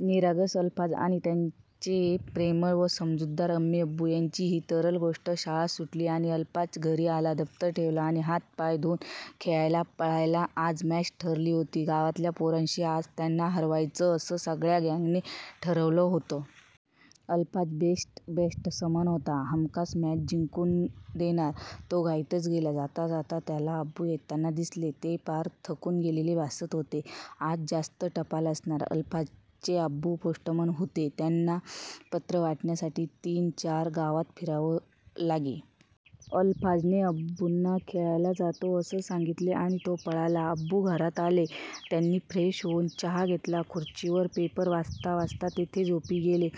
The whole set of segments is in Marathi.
निरागस अलफाज आणि त्याचे प्रेमळ व समजूतदार अम्मी-अब्बू यांची ही तरल गोष्ट- शाळा सुटली आणि अलफाज घरी आला. दप्तर ठेवलं आणि हात पाय धुऊन खेळायला पळाला. आज मॅच ठरली होती गावातल्या पोरांशी... आज त्यांना हरवायचंच, असं सगळ्या गॅंगने ठरवलं होतं. अलफाज बेस्ट बॅटसमन होता... हमखास मॅच जिंकून देणारा. तो घाईतच गेला. जाता जाता त्याला अब्बू येताना दिसले. ते पार थकून गेलेले भासत होते. आज जास्त टपाल असणार. अलफाजचे अब्बू पोस्टमन होते. त्यांना पत्र वाटण्यासाठी तीन-चार गावात फिरावं लागे. अलफाजने अब्बुना 'खेळायला जातो' असं सांगितलं आणि तो पळाला. अब्बू घरात आले. त्यांनी फ्रेश होऊन चहा घेतला. खुर्चीवर पेपर वाचता वाचता तिथेच झोपी गेले.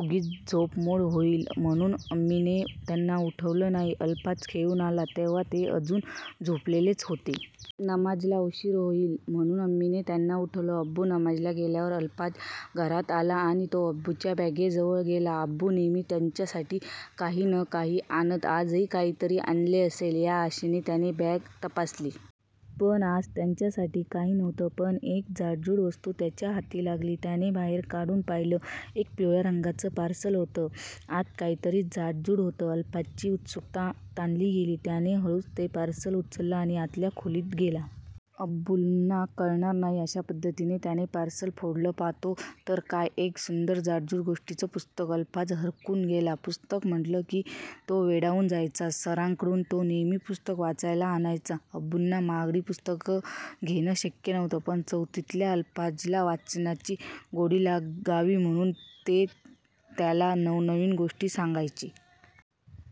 उगीच झोपमोड होईल म्हणून अम्मीनेही त्यांना उठवलं नाही. अलफाज खेळून आला, तेव्हा ते अजून झोपलेलेच होते. नमाजला उशीर ओईल म्हणून अम्मीने त्यांना उठवलं. अब्बू नमाजला गेल्यावर अलफाज घरात आला आणि तो अब्बुंच्या बॅगेजवळ गेला. अब्बू नेहमी त्याच्यासाठी काही न काही आणत. आजही काहीतरी आणलेलं असेल या आशेने त्याने बॅग तपासली. पण आज त्याच्यासाठी काही नव्हतं. पण एक जाडजूड वस्तू त्याच्या हाती लागली. त्याने बाहेर काढून पाहिलं. एक पिवळ्या रंगाचं पार्सल होतं. आत काहीतरी जाडजूड होतं. अलफाजची उत्सुकता ताणली गेली. त्याने हळूच ते पार्सल उचललं आणि आतल्या खोलीत गेला. अब्बूंना कळणार नाही अशा पद्धतीने त्याने पार्सल फोडलं. पाहतो तर काय, एक सुंदर जाडजूड गोष्टींचं पुस्तक! अलफाज हरकून गेला. पुस्तक म्हटलं की तो वेडावून जायचा. सरांकडून तो नेहमी पुस्तकं वाचायला आणायचा. अब्बुंना महागडी पुस्तकं घेणं शक्य नव्हतं, पण चौथीतल्या अलफाजला वाचनाची गोडी लागावी, म्हणून ते त्याला नवनवीन गोष्टी सांगायचे.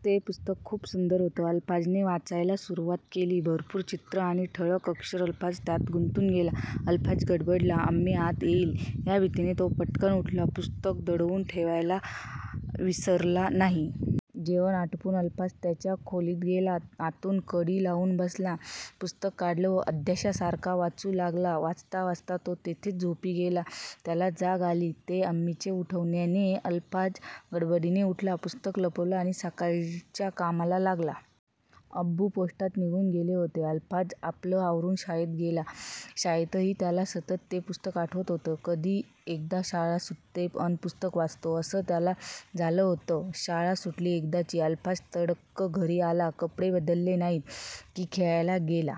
ते पुस्तक खूप सुंदर होतं. अलफाजने वाचायला सुरवात केली. भरपूर चित्रं आणि ठळक अक्षर! अलफाज त्यात गुंतून गेला. अलफाज गडबडला. अम्मी आत येईल या भीतीने तो पटकन उठला. पुस्तक दडवून ठेवायला विसरला नाही. जेवण आटोपून अलफाज त्याच्या खोलीत गेला. आतून कडी लावून बसला. पुस्तक काढलं व अधाश्यासारखा वाचू लागला. वाचता वाचता तो तिथेच झोपी गेला. त्याला जाग आली ते अम्मीच्या उठवन्याने. अलफाज गडबडीने उठला. पुस्तक लपवलं आणि सकाळच्या कामाला लागला. अब्बू पोस्टात निघून गेले होते. अलफाज आपलं आवरून शाळेत गेला. शाळेतही त्याला सतत ते पुस्तक आठवत होतं. कधी एकदा शाळा सुटतेय, अन पुस्तक वाचतोय, असं त्याला झालं होतं. शाळा सुटली एकदाची. अलफाज तडक घरी आला. कपडे बदलले नाहीत की खेळायला गेला